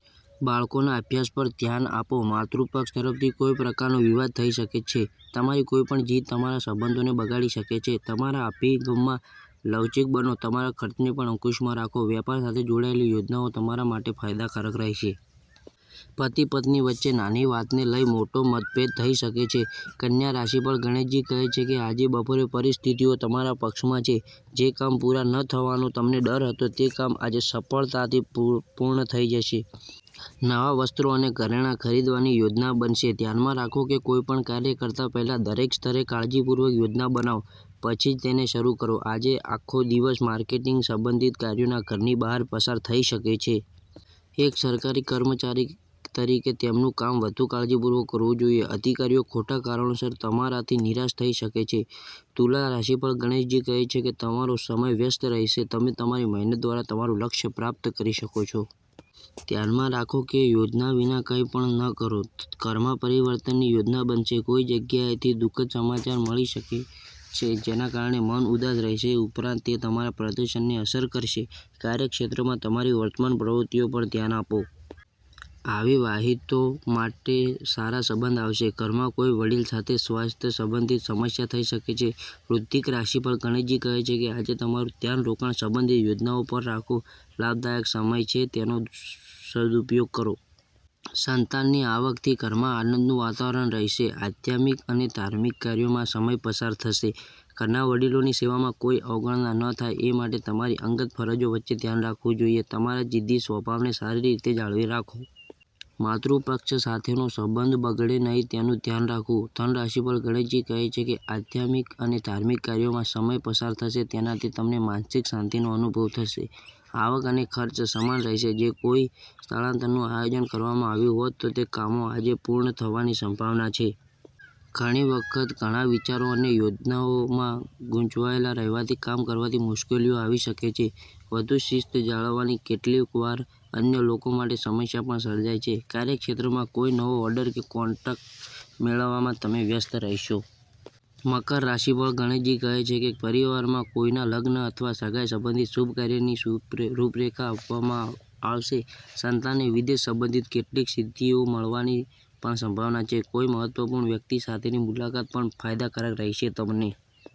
બાળકોના અભ્યાસ પર ધ્યાન આપો. માતૃ પક્ષ તરફથી કોઈ પ્રકારનો વિવાદ થઈ શકે છે. તમારી કોઈપણ જીદ તમારા સંબંધોને બગાડી શકે છે. તમારા અભિગમમાં લવચીક બનો. તમારા ખર્ચને પણ અંકુશમાં રાખો. વેપાર સાથે જોડાયેલી યોજનાઓ તમારા માટે ફાયદાકારક રહેશે. પતિ-પત્ની વચ્ચે નાની વાતને લઈને મોટો મતભેદ થઈ શકે છે. કન્યા રાશિફળ ગણેશજી કહે છે કે આજે બપોરે પરિસ્થિતિઓ તમારા પક્ષમાં છે. જે કામ પૂરા ન થવાનો તમને ડર હતો, તે કામ આજે સરળતાથી પૂર્ણ થઈ જશે. નવા વસ્ત્રો અને ઘરેણાં ખરીદવાની યોજના બનશે. ધ્યાનમાં રાખો કે, કોઈપણ કાર્ય કરતા પહેલા, દરેક સ્તરે કાળજીપૂર્વક યોજના બનાવો, પછી જ તેને શરૂ કરો. આજે આખો દિવસ માર્કેટિંગ સંબંધિત કાર્યોમાં ઘરની બહાર પસાર થઈ શકે છે. એક સરકારી કર્મચારી તરીકે તેમનું કામ વધુ કાળજીપૂર્વક કરવું જોઈએ, અધિકારીઓ ખોટા કારણોસર તમારાથી નિરાશ થઈ શકે છે. તુલા રાશિફળ ગણેશજી કહે છે કે તમારો સમય વ્યસ્ત રહેશે. તમે તમારી મહેનત દ્વારા તમારું લક્ષ્ય પ્રાપ્ત કરી શકશો. ધ્યાનમાં રાખો કે, યોજના વિના કંઈ પણ ન કરો. ઘરમાં પરિવર્તનની યોજના બનશે. કોઈ જગ્યાએથી દુઃખદ સમાચાર મળી શકે છે જેના કારણે મન ઉદાસ રહેશે. ઉપરાંત, તે તમારા પ્રદર્શનને અસર કરશે. કાર્યક્ષેત્રમાં તમારી વર્તમાન પ્રવૃત્તિઓ પર ધ્યાન આપો. અવિવાહિતો માટે સારા સંબંધ આવશે. ઘરના કોઈ વડીલ સાથે સ્વાસ્થ્ય સંબંધિત સમસ્યા થઈ શકે છે. વૃશ્ચિક રાશિફળ ગણેશજી કહે છે કે આજે તમારું ધ્યાન રોકાણ સંબંધિત યોજનાઓ પર રાખો. લાભદાયક સમય છે, તેનો સદુપયોગ કરો. સંતાનની આવકથી ઘરમાં આનંદનું વાતાવરણ રહેશે. આધ્યાત્મિક અને ધાર્મિક કાર્યોમાં સમય પસાર થશે. ઘરના વડીલોની સેવામાં કોઈ અવગણના ન થાય એ માટે તમારી અંગત ફરજો વચ્ચે ધ્યાન રાખવું જોઈએ. તમારા જિદ્દી સ્વભાવને સારી રીતે જાળવી રાખો. માતૃપક્ષ સાથેના સંબંધો બગડે નહીં તેનું ધ્યાન રાખવું. ધન રાશિફળ ગણેશજી કહે છે કે આધ્યાત્મિક અને ધાર્મિક કાર્યોમાં સમય પસાર થશે. તેનાથી તમને માનસિક શાંતિનો અનુભવ થશે. આવક અને ખર્ચ સમાન રહેશે. જો કોઈ સ્થળાંતરનું આયોજન કરવામાં આવ્યું હોય તો તે કામો આજે પૂર્ણ થવાની સંભાવના છે. ઘણી વખત ઘણા વિચારો અને યોજનાઓમાં ગૂંચવાયેલા રહેવાથી કામ કરવામાં મુશ્કેલીઓ આવી શકે છે. વધુ શિસ્ત જાળવવાથી કેટલીકવાર અન્ય લોકો માટે સમસ્યા પણ સર્જાય છે. કાર્યક્ષેત્રમાં કોઈ નવો ઓર્ડર કે કોન્ટ્રાક્ટ મેળવવામાં તમે વ્યસ્ત રહેશો. મકર રાશિફળ ગણેશજી કહે છે કે પરિવારમાં કોઈના લગ્ન અથવા સગાઈ સંબંધિત શુભ કાર્યની રૂપરેખા આપવામાં આવશે. સંતાનોને વિદેશ સંબંધિત કેટલીક સિદ્ધિઓ મળવાની પણ સંભાવના છે. કોઈ મહત્વપૂર્ણ વ્યક્તિ સાથેની મુલાકાત પણ ફાયદાકારક રહેશે. તમને